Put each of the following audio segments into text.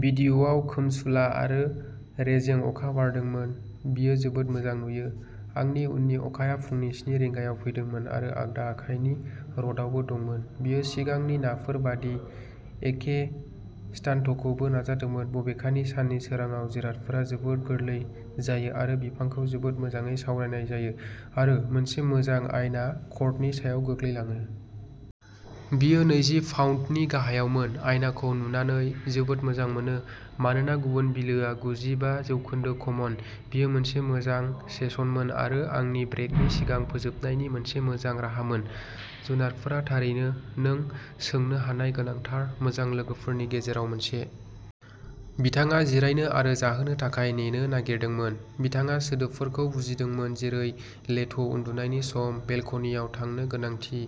भिडिअ'आव खोमसुला आरो रेजें अखा बारदोंमोन। बेयो जोबोद मोजां नुयो। आंनि उननि अखाया फुंनि स्नि रिंगायाव फैदोंमोन आरो आगदा आखाइनि रडआवबो दंमोन। बेयो सिगांनि नाफोर बायदि एखे स्टान्टखौबो नाजादोंमोन। बबेखानि, साननि सोरांआव जिरादफोरा जोबोद गोरलै जायो आरो बिफांखौ जोबोद मोजाङै सावरायनाय जायो आरो मोनसे मोजां आयना कर्डनि सायाव गोग्लैलाङो। बेयो नैजि पाउन्दनि गाहायावमोन। आयनाखौ नुनानै जोबोद मोजां मोनो, मानोना गुबुन बिलोआ गुजि बा जौखोन्दो कमन। बेयो मोनसे मोजां सेसनमोन आरो आंनि ब्रेकनि सिगां फोजोबनायनि मोनसे मोजां राहामोन। जुनारफोरा थारैनो नों सोंनो हानाय गोनांथार मोजां लोगोफोरनि गेजेराव मोनसे। बिथाङा जिरायनो आरो जाहोनो थाखाय नेनो नागिरदोंमोन, बिथाङा सोदोबफोरखौ बुजिदोंमोन जेरै लेथ', उन्दुनायनि सम, बेलकनिआव थांनो गोनांथि,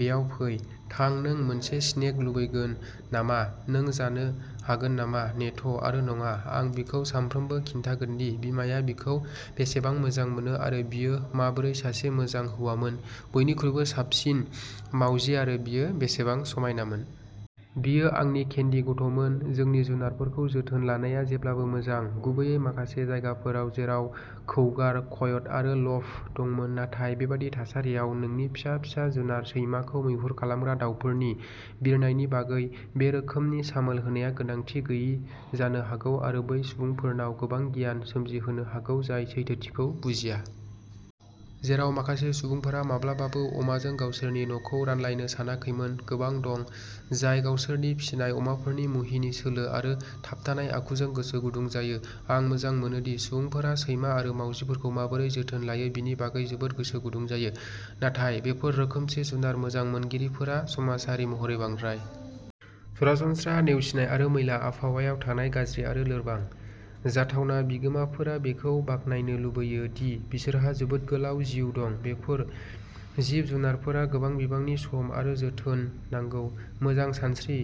बेयाव फै, थां, नों मोनसे स्नेक लुबैगोन नामा, नों जानो हागोन नामा, नेथ' आरो नङा। आं बिखौ सानफ्रोमबो खिन्थागोनदि बिमाया बिखौ बेसेबां मोजां मोनो आरो बियो माबोरै सासे मोजां हौवामोन, बयनिख्रुइबो साबसिन मावजि आरो बियो बेसेबां समायनामोन। बियो आंनि केन्डि गथ'मोन। नोंनि जुनारफोरखौ जोथोन लानाया जेब्लाबो मोजां, गुबैयै माखासे जायगाफोराव, जेराव कौगार, कयट आरो ल'फ दंमोन, नाथाय बेबादि थासारियाव नोंनि फिसा फिसा जुनार सैमाखौ मैहुर खालामग्रा दावफोरनि बिरनायनि बागै बे रोखोमनि सामोल होनाया गोनांथि गैयै जानो हागौ आरो बै सुबुंफोरनाव गोबां गिनाय सोमजिहोनो हागौ जाय सैथोथिखौ बुजिया। जेराव माखासे सुबुंफोरा माब्लाबाबो अमाजों गावसोरनि न'खौ रानलायनो सानाखैमोन, गोबां दं जाय गावसोरनि फिसिनाय अमाफोरनि मुहिनि, सोलो आरो थाबथानाय आखुजों गोसो गुदुं जायो। आं मोजां मोनोदि सुबुंफोरा सैमा आरो मावजिफोरखौ माबोरै जोथोन लायो बेनि बागै जोबोद गोसो गुदुं जायो, नाथाय बेफोर रोखोमसे जुनार मोजां मोनगिरिफोरा समाजारि महरै बांद्राय। सरासनस्रा नेवसिनाय आरो मैला आबहावायाव थानाय गाज्रि आरो लोरबां। जाथावना बिगोमाफोरा बेखौ बाखनायनो लुबैयो दि बिसोरहा जोबोद गोलाव जिउ दं, बेफोर जिब जुनारफोरा गोबां बिबांनि सम आरो जोथोन नांगौ। मोजां सानस्रि,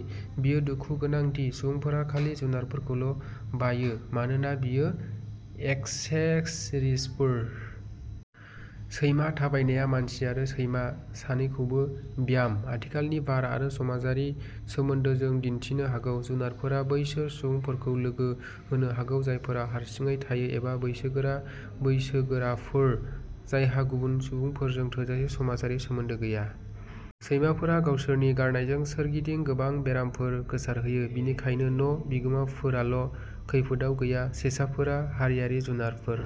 बेयो दुखु गोनां दि सुबुंफोरा खालि जुनारफोरखौल' बायो मानोना बिसोर एक्सेसरिजफोर। सैमा थाबायनायआ मानसि आरो सैमा सानैखौबो ब्याम, आथिखालनि बार आरो समाजारि सोमोन्दोजों दिन्थिनो हागौ। जुनारफोरा बैसोर सुबुंफोरखौ लोगो होनो हागौ जायफोरा हारसिङै थायो एबा बैसोगोरा बैसोगोराफोर जायहा गुबुन सुबुंफोरजों थोजासे समाजारि सोमोन्दो गैया। सैमाफोरा गावसोरनि गारगारनायजों सोरगिदिं गोबां बेरामफोर गोसारहोयो, बेनिखायनो न' बिगोमाफोराल' खैफोदआव गैया। सेसाफोरा हारियारि जुनारफोर।